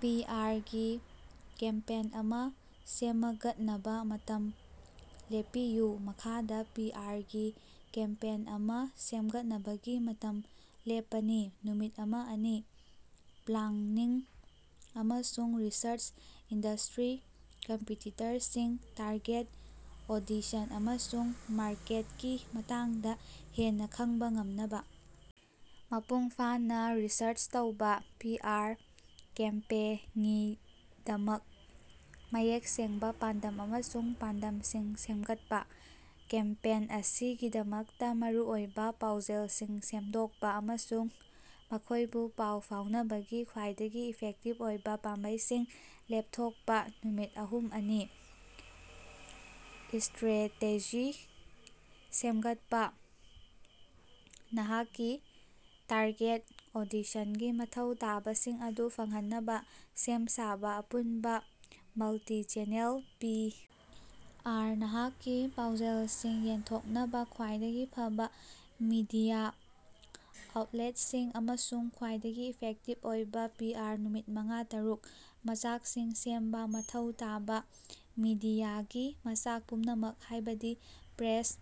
ꯄꯤ. R. ꯒꯤ campaign ꯑꯃ ꯁꯦꯃꯒꯠꯅꯕ ꯃꯇꯝ ꯂꯦꯞꯄꯤꯌꯨ꯫ ꯃꯈꯥꯗ ꯄꯤ. ꯑꯥꯔ. ꯒꯤ ꯀꯦꯝꯄꯦꯟ ꯑꯃ ꯁꯦꯝꯒꯠꯅꯕꯒꯤ ꯃꯇꯝ ꯂꯦꯞꯄꯅꯤ: ꯅꯨꯃꯤꯠ ꯑꯃ ꯑꯅꯤ: ꯄ꯭ꯂꯥꯡꯅꯤꯡ ꯑꯃꯁꯨꯡ ꯔꯤꯁꯔꯆ ꯏꯟꯗꯁ꯭ꯇꯔꯤ, ꯀꯝꯄꯤꯇꯤꯇꯔꯁꯤꯡ, ꯇꯥꯔꯒꯦꯠ ꯑꯣꯗꯤꯁꯟ, ꯑꯃꯁꯨꯡ ꯃꯥꯔꯀꯦꯠꯀꯤ ꯃꯇꯥꯡꯗ ꯍꯦꯟꯅ ꯈꯪꯕ ꯉꯝꯅꯕ ꯃꯄꯨꯡ ꯐꯥꯅ ꯔꯤꯁꯔꯆ ꯇꯧꯕ꯫ ꯄꯤ ꯑꯥꯔ ꯀꯦꯝꯄꯦꯉꯤꯗꯃꯛ ꯃꯌꯦꯛ ꯁꯦꯡꯕ ꯄꯥꯟꯗꯝ ꯑꯃꯁꯨꯡ ꯄꯥꯟꯗꯝꯁꯤꯡ ꯁꯦꯝꯒꯠꯄ꯫ ꯀꯦꯝꯄꯦꯟ ꯑꯁꯤꯒꯤꯗꯃꯛꯇꯥ ꯃꯔꯨꯑꯣꯏꯕ ꯄꯥꯎꯖꯦꯜꯁꯤꯡ ꯁꯦꯝꯗꯣꯛꯄ ꯑꯃꯁꯨꯡ ꯃꯈꯣꯏꯕꯨ ꯄꯥꯎ ꯐꯥꯎꯅꯕꯒꯤ ꯈ꯭ꯋꯥꯏꯗꯒꯤ ꯏꯐꯦꯛꯇꯤꯕ ꯑꯣꯏꯕ ꯄꯥꯝꯕꯩꯁꯤꯡ ꯂꯦꯞꯊꯣꯛꯄ꯫ ꯅꯨꯃꯤꯠ ꯑꯍꯨꯝ ꯑꯅꯤ: ꯏꯁ꯭ꯇꯔꯦꯇꯦꯖꯤ ꯁꯦꯝꯒꯠꯄ ꯅꯍꯥꯛꯀꯤ ꯇꯥꯔꯒꯦꯠ ꯑꯣꯗꯤꯁꯟꯒꯤ ꯃꯊꯧ ꯇꯥꯕꯁꯤꯡ ꯑꯗꯨ ꯐꯪꯍꯟꯅꯕ ꯁꯦꯝ ꯁꯥꯕ ꯑꯄꯨꯟꯕ, ꯃꯜꯇꯤ-ꯆꯦꯅꯦꯜ ꯄꯤ. ꯑꯥꯔ. ꯅꯍꯥꯛꯀꯤ ꯄꯥꯎꯖꯦꯜꯁꯤꯡ ꯌꯦꯟꯊꯣꯛꯅꯕ ꯈ꯭ꯋꯥꯏꯗꯒꯤ ꯐꯕ ꯃꯤꯗꯤꯌꯥ ꯑꯥꯎꯠꯂꯦꯠꯁꯤꯡ ꯑꯃꯁꯨꯡ ꯈ꯭ꯋꯥꯏꯗꯒꯤ ꯏꯐꯦꯛꯇꯤꯕ ꯑꯣꯏꯕ ꯄꯤ. ꯑꯥꯔ. ꯅꯨꯃꯤꯠ ꯃꯉꯥ ꯇꯔꯨꯛ: ꯃꯆꯥꯛꯁꯤꯡ ꯁꯦꯝꯕ ꯃꯊꯧ ꯇꯥꯕ ꯃꯤꯗꯤꯌꯥꯒꯤ ꯃꯆꯥꯛ ꯄꯨꯝꯅꯃꯛ, ꯍꯥꯏꯕꯗꯤ ꯄ꯭ꯔꯦꯁ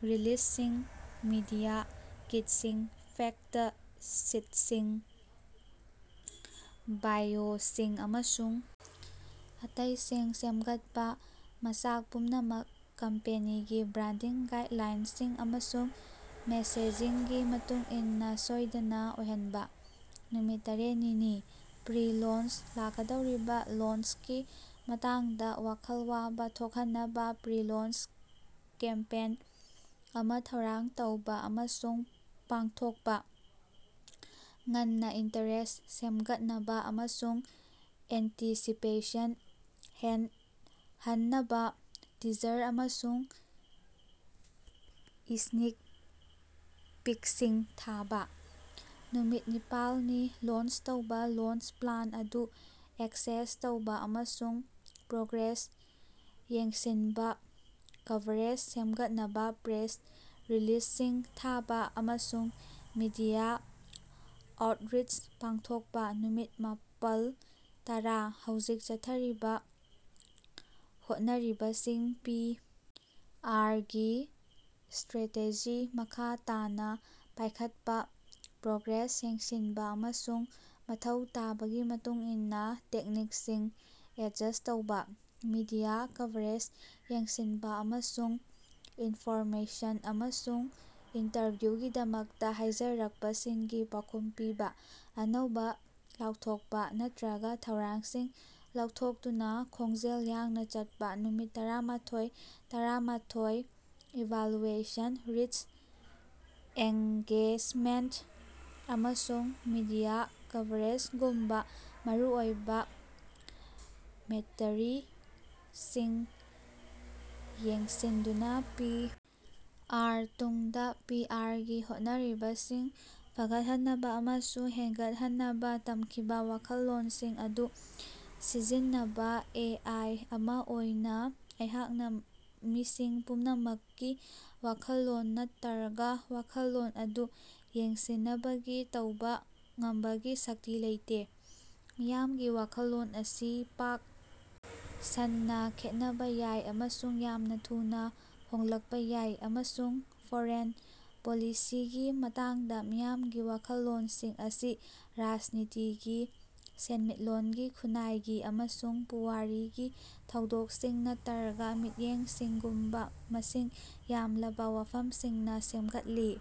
ꯔꯤꯂꯤꯖꯁꯤꯡ, ꯃꯤꯗꯤꯌꯥ ꯀꯤꯠꯁꯤꯡ, ꯐꯦꯛꯇ ꯁꯤꯠꯁꯤꯡ, ꯕꯥꯏꯑꯣꯁꯤꯡ, ꯑꯃꯁꯨꯡ ꯑꯇꯩꯁꯤꯡ ꯁꯦꯝꯒꯠꯄ꯫ ꯃꯆꯥꯛ ꯄꯨꯝꯅꯃꯛ ꯀꯝꯄꯦꯅꯤꯒꯤ ꯕ꯭ꯔꯥꯟꯗꯤꯡ ꯒꯥꯏꯗꯂꯥꯏꯟꯁꯤꯡ ꯑꯃꯁꯨꯡ ꯃꯦꯁꯦꯖꯤꯡꯒꯤ ꯃꯇꯨꯡ ꯏꯟꯅ ꯁꯣꯏꯗꯅ ꯑꯣꯏꯍꯟꯕ꯫ ꯅꯨꯃꯤꯠ ꯇꯔꯦꯅꯤꯅꯤ: ꯄ꯭ꯔꯤ-ꯂꯣꯟꯆ ꯂꯥꯛꯀꯗꯧꯔꯤꯕꯥ ꯂꯣꯟꯆꯀꯤ ꯃꯇꯥꯡꯗ ꯋꯥꯈꯜ ꯋꯥꯕ ꯊꯣꯛꯍꯟꯅꯕ ꯄ꯭ꯔꯤ-ꯂꯣꯟꯆ ꯀꯦꯝꯄꯦꯟ ꯑꯃ ꯊꯧꯔꯥꯡ ꯇꯧꯕ ꯑꯃꯁꯨꯡ ꯄꯥꯡꯊꯣꯛꯄ꯫ ꯉꯟꯅ ꯏꯟꯇꯔꯦꯁ ꯁꯦꯝꯒꯠꯅꯕ ꯑꯃꯁꯨꯡ ꯑꯦꯟꯇꯤꯁꯤꯄꯦꯁꯟ ꯍꯦꯟꯠꯍꯟꯅꯕ ꯇꯤꯖꯔ ꯑꯃꯁꯨꯡ ꯏꯁ꯭ꯅꯤꯛ ꯄꯤꯛꯁꯤꯡ ꯊꯥꯕ꯫ ꯅꯨꯃꯤꯠ ꯅꯤꯄꯥꯜꯅꯤ: ꯂꯣꯟꯆ ꯇꯧꯕ ꯂꯣꯟꯆ ꯄ꯭ꯂꯥꯟ ꯑꯗꯨ ꯑꯦꯛꯁꯦꯁ ꯇꯧꯕ ꯑꯃꯁꯨꯡ ꯄ꯭ꯔꯣꯒ꯭ꯔꯦꯁ ꯌꯦꯡꯁꯤꯟꯕ꯫ ꯀꯚꯔꯦꯖ ꯁꯦꯝꯒꯠꯅꯕ ꯄ꯭ꯔꯦꯁ ꯔꯤꯂꯤꯖꯁꯤꯡ ꯊꯥꯕ ꯑꯃꯁꯨꯡ ꯃꯤꯗꯤꯌꯥ ꯑꯥꯎꯠꯔꯤꯆ ꯄꯥꯡꯊꯣꯛꯄ꯫ ꯅꯨꯃꯤꯠ ꯃꯄꯥꯜ ꯇꯔꯥ: ꯍꯧꯖꯤꯛ ꯆꯠꯊꯔꯤꯕ ꯍꯣꯠꯅꯔꯤꯕꯁꯤꯡ ꯄꯤ. ꯑꯥꯔ. ꯒꯤ ꯏꯁ꯭ꯇꯔꯦꯇꯦꯖꯤ ꯃꯈꯥ ꯇꯥꯅ ꯄꯥꯏꯈꯠꯄ, ꯄ꯭ꯔꯣꯒ꯭ꯔꯦꯁ ꯌꯦꯡꯁꯤꯟꯕ, ꯑꯃꯁꯨꯡ ꯃꯊꯧ ꯇꯥꯕꯒꯤ ꯃꯇꯨꯡ ꯏꯟꯅ ꯇꯦꯛꯅꯤꯛꯁꯤꯡ ꯑꯦꯗꯖꯁ ꯇꯧꯕ꯫ ꯃꯤꯗꯤꯌꯥ ꯀꯚꯔꯦꯖ ꯌꯦꯡꯁꯤꯟꯕ ꯑꯃꯁꯨꯡ ꯏꯟꯟꯐꯣꯔꯃꯦꯁꯟ ꯑꯃꯁꯨꯡ ꯏꯟꯇꯔꯚ꯭ꯌꯨꯒꯤꯗꯃꯛꯇ ꯍꯥꯏꯖꯔꯛꯄꯁꯤꯡꯒꯤ ꯄꯥꯎꯈꯨꯝ ꯄꯤꯕ꯫ ꯑꯅꯧꯕ ꯂꯥꯎꯊꯣꯛꯄꯥ ꯅꯠꯇ꯭ꯔꯒꯥ ꯊꯧꯔꯥꯡꯁꯤꯡ ꯂꯧꯊꯣꯛꯇꯨꯅ ꯈꯣꯡꯖꯦꯜ ꯌꯥꯡꯅ ꯆꯠꯄ꯫ ꯅꯨꯃꯤꯠ ꯇꯔꯥꯥꯃꯊꯣꯏ ꯇꯔꯥꯃꯊꯣꯏ: ꯏꯚꯥꯂꯨꯑꯦꯁꯟ ꯔꯤꯆ, ꯑꯦꯡꯒꯦꯖꯃꯦꯟꯇ, ꯑꯃꯁꯨꯡ ꯃꯤꯗꯤꯌꯥ ꯀꯚꯔꯦꯖꯒꯨꯝꯕ ꯃꯔꯨꯑꯣꯏꯕ ꯃꯦꯇꯔꯤꯀꯁꯤꯡ ꯌꯦꯡꯁꯤꯟꯗꯨꯅ ꯄꯤ. ꯑꯥꯔ. ꯇꯨꯡꯗ ꯄꯤ. ꯑꯥꯔ. ꯒꯤ ꯍꯣꯠꯅꯔꯤꯕꯁꯤꯡ ꯐꯒꯠꯍꯟꯅꯕ ꯑꯃꯁꯨꯡ ꯍꯦꯟꯒꯠꯍꯟꯅꯕ ꯇꯝꯈꯤꯕ ꯋꯥꯈꯜꯂꯣꯟꯁꯤꯡ ꯑꯗꯨ ꯁꯤꯖꯤꯟꯅꯕ꯫ ꯑꯦ. ꯑꯥꯏ. ꯑꯃ ꯑꯣꯏꯅ ꯑꯩꯍꯥꯛꯅ ꯃꯤꯁꯤꯡ ꯄꯨꯝꯅꯃꯛꯀꯤ ꯋꯥꯈꯜꯂꯣꯟ ꯅꯠꯇꯔꯒꯥ ꯋꯥꯈꯜꯂꯣꯟ ꯑꯗꯨ ꯌꯦꯡꯁꯤꯅꯕꯒꯤ ꯇꯧꯕꯥ ꯉꯝꯕꯒꯤ ꯁꯛꯇꯤ ꯂꯩꯇꯦ꯫ ꯃꯤꯌꯥꯝꯒꯤ ꯋꯥꯈꯜꯂꯣꯟ ꯑꯁꯤ ꯄꯥꯛ ꯁꯟꯅ ꯈꯦꯠꯅꯕ ꯌꯥꯏ ꯑꯃꯁꯨꯡ ꯌꯥꯝꯅ ꯊꯨꯅ ꯍꯣꯡꯂꯛꯄ ꯌꯥꯏ, ꯑꯃꯁꯨꯡ ꯐꯣꯔꯦꯟ ꯄꯣꯂꯤꯁꯤꯒꯤ ꯃꯇꯥꯡꯗ ꯃꯤꯌꯥꯝꯒꯤ ꯋꯥꯈꯜꯂꯣꯟꯁꯤꯡ ꯑꯁꯤ ꯔꯥꯖꯅꯤꯇꯤꯒꯤ, ꯁꯦꯟꯃꯤꯠꯂꯣꯟꯒꯤ, ꯈꯨꯟꯅꯥꯏꯒꯤ ꯑꯃꯁꯨꯡ ꯄꯨꯋꯥꯔꯤꯒꯤ ꯊꯧꯗꯣꯛꯁꯤꯡ ꯅꯠꯇꯔꯒꯥ ꯃꯤꯠꯌꯦꯡꯁꯤꯡꯒꯨꯝꯕ ꯃꯁꯤꯡ ꯌꯥꯝꯂꯕ ꯋꯥꯐꯝꯁꯤꯡꯅ ꯁꯦꯝꯒꯠꯂꯤ꯫